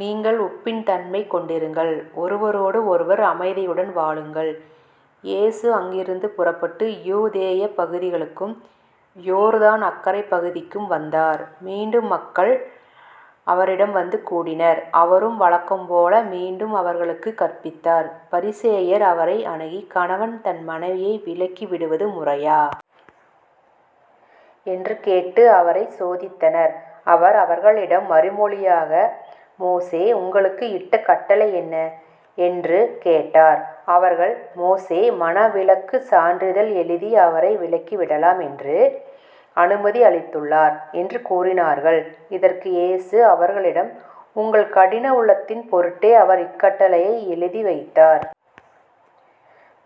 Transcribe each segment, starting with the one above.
நீங்கள் உப்பின் தன்மை கொண்டிருங்கள். ஒருவரோடு ஒருவர் அமைதியுடன் வாழுங்கள். இயேசு அங்கிருந்து புறப்பட்டு யூதேயப் பகுதிகளுக்கும் யோர்தான் அக்கரைப் பகுதிக்கும் வந்தார். மீண்டும் மக்கள் அவரிடம் வந்து கூடினர். அவரும் வழக்கம் போல மீண்டும் அவர்களுக்குக் கற்பித்தார். பரிசேயர் அவரை அணுகி கணவன் தன் மனைவியை விலக்கிவிடுவது முறையா? என்று கேட்டு அவரைச் சோதித்தனர். அவர் அவர்களிடம் மறுமொழியாக மோசே உங்களுக்கு இட்ட கட்டளை என்ன? என்று கேட்டார். அவர்கள் மோசே மணவிலக்குச் சான்றிதழ் எழுதி அவரை விலக்கிவிடலாம் என்று அனுமதி அளித்துள்ளார் என்று கூறினார்கள். இதற்கு இயேசு அவர்களிடம் உங்கள் கடின உள்ளத்தின் பொருட்டே அவர் இக்கட்டளையை எழுதி வைத்தார்.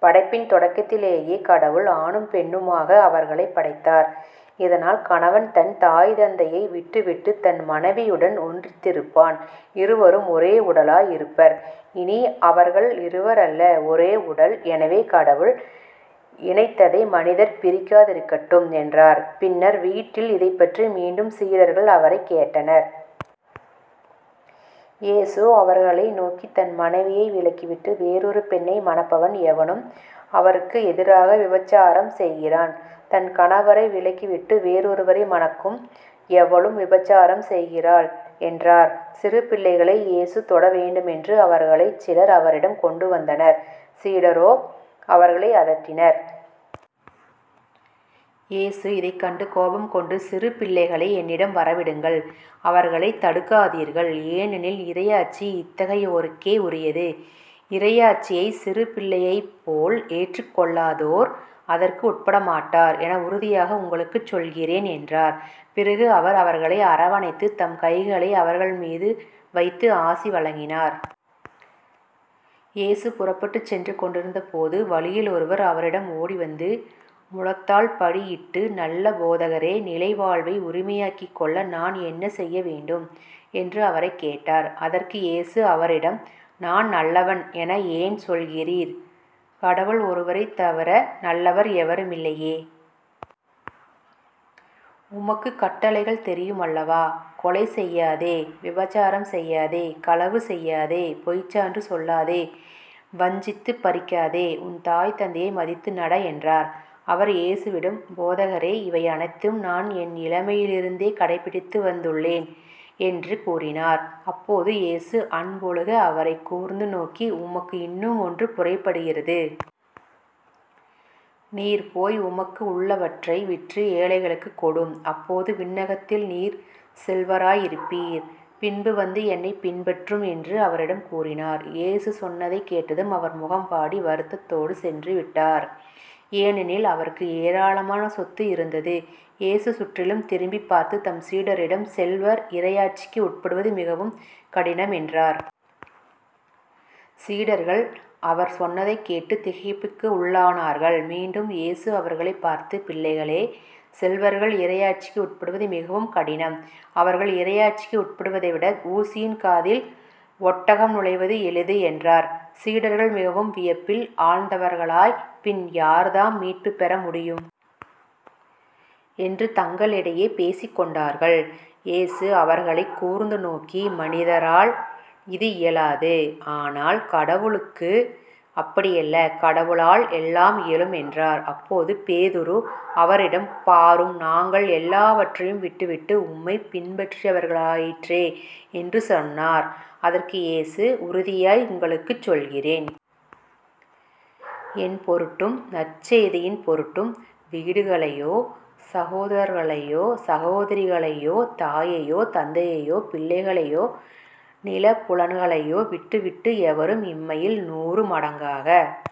படைப்பின் தொடக்கத்திலேயே கடவுள். ஆணும் பெண்ணுமாக அவர்களைப் படைத்தார். இதனால் கணவன் தன் தாய் தந்தையை விட்டுவிட்டுத் தன் மனைவியுடன் ஒன்றித்திருப்பான். இருவரும் ஒரே உடலாய் இருப்பர். இனி அவர்கள் இருவர் அல்ல ஒரே உடல். எனவே கடவுள் இணைத்ததை மனிதர் பிரிக்காதிருக்கட்டும் என்றார். பின்னர் வீட்டில் இதைப் பற்றி மீண்டும் சீடர்கள் அவரைக் கேட்டனர். இயேசு அவர்களை நோக்கி தன் மனைவியை விலக்கிவிட்டு வேறொரு பெண்ணை மணப்பவன் எவனும் அவருக்கு எதிராக விபசாரம் செய்கிறான். தன் கணவரை விலக்கிவிட்டு வேறொருவரை மணக்கும் எவளும் விபசாரம் செய்கிறாள் என்றார். சிறு பிள்ளைகளை இயேசு தொட வேண்டுமென்று அவர்களைச் சிலர் அவரிடம் கொண்டுவந்தனர். சீடரோ அவர்களை அதட்டினர். இயேசு இதைக் கண்டு கோபம் கொண்டு சிறு பிள்ளைகளை என்னிடம் வர விடுங்கள். அவர்களைத் தடுக்காதீர்கள். ஏனெனில் இறையாட்சி இத்தகையோருக்கே உரியது. இறையாட்சியைச் சிறு பிள்ளையைப்போல் ஏற்றுக் கொள்ளாதோர் அதற்கு உட்படமாட்டார் என உறுதியாக உங்களுக்குச் சொல்கிறேன் என்றார். பிறகு அவர் அவர்களை அரவணைத்து தம் கைகளை அவர்கள்மீது வைத்து ஆசி வழங்கினார். இயேசு புறப்பட்டுச் சென்று கொண்டிருந்தபோது வழியில் ஒருவர் அவரிடம் ஓடிவந்து முழந்தாள்படியிட்டு நல்ல போதகரே நிலை வாழ்வை உரிமையாக்கிக்கொள்ள நான் என்ன செய்ய வேண்டும்? என்று அவரைக் கேட்டார். அதற்கு இயேசு அவரிடம் நான் நல்லவன் என ஏன் சொல்கிறீர்? கடவுள் ஒருவரைத் தவிர நல்லவர் எவருமில்லையே. உமக்குக் கட்டளைகள் தெரியும் அல்லவா? கொலைசெய்யாதே விபசாரம் செய்யாதே களவு செய்யாதே பொய்ச்சான்று சொல்லாதே வஞ்சித்துப் பறிக்காதே உன் தாய் தந்தையை மதித்து நட என்றார். அவர் இயேசுவிடம் போதகரே இவை அனைத்தையும் நான் என் இளமையிலிருந்தே கடைப்பிடித்து வந்துள்ளேன் என்று கூறினார். அப்போது இயேசு அன்பொழுக அவரைக் கூர்ந்து நோக்கி உமக்கு இன்னும் ஒன்று குறைபடுகிறது. நீர் போய் உமக்கு உள்ளவற்றை விற்று ஏழைகளுக்குக் கொடும். அப்போது விண்ணகத்தில் நீர் செல்வராய் இருப்பீர். பின்பு வந்து என்னைப் பின்பற்றும் என்று அவரிடம் கூறினார். இயேசு சொன்னதைக் கேட்டதும் அவர் முகம்வாடி வருத்தத்தோடு சென்று விட்டார். ஏனெனில் அவருக்கு ஏராளமான சொத்து இருந்தது. இயேசு சுற்றிலும் திரும்பிப் பார்த்துத் தம் சீடரிடம் செல்வர் இறையாட்சிக்கு உட்படுவது மிகவும் கடினம் என்றார். சீடர்கள் அவர் சொன்னதைக் கேட்டுத் திகைப்புக்கு உள்ளானார்கள். மீண்டும் இயேசு அவர்களைப் பார்த்து பிள்ளைகளே செல்வர்கள் இறையாட்சிக்கு உட்படுவது மிகவும் கடினம். அவர்கள் இறையாட்சிக்கு உட்படுவதைவிட ஊசியின் காதில் ஒட்டகம் நுழைவது எளிது என்றார். சீடர்கள் மிகவும் வியப்பில் ஆழ்ந்தவர்களாய் பின் யார்தாம் மீட்புப்பெற முடியும்? என்று தங்களிடையே பேசிக்கொண்டார்கள். இயேசு அவர்களைக் கூர்ந்து நோக்கி மனிதரால் இது இயலாது. ஆனால் கடவுளுக்கு அப்படியல்ல கடவுளால் எல்லாம் இயலும் என்றார். அப்போது பேதுரு அவரிடம் பாரும் நாங்கள் எல்லாவற்றையும் விட்டுவிட்டு உம்மைப் பின்பற்றியவர்களாயிற்றே என்று சொன்னார். அதற்கு இயேசு உறுதியாக உங்களுக்குச் சொல்கிறேன் என் பொருட்டும் நற்செய்தியின் பொருட்டும் வீடுகளையோ சகோதரர்களையோ சகோதரிகளையோ தாயையோ தந்தையையோ பிள்ளைகளையோ நிலபுலன்களையோ விட்டுவிட்ட எவரும் இம்மையில் நூறு மடங்காக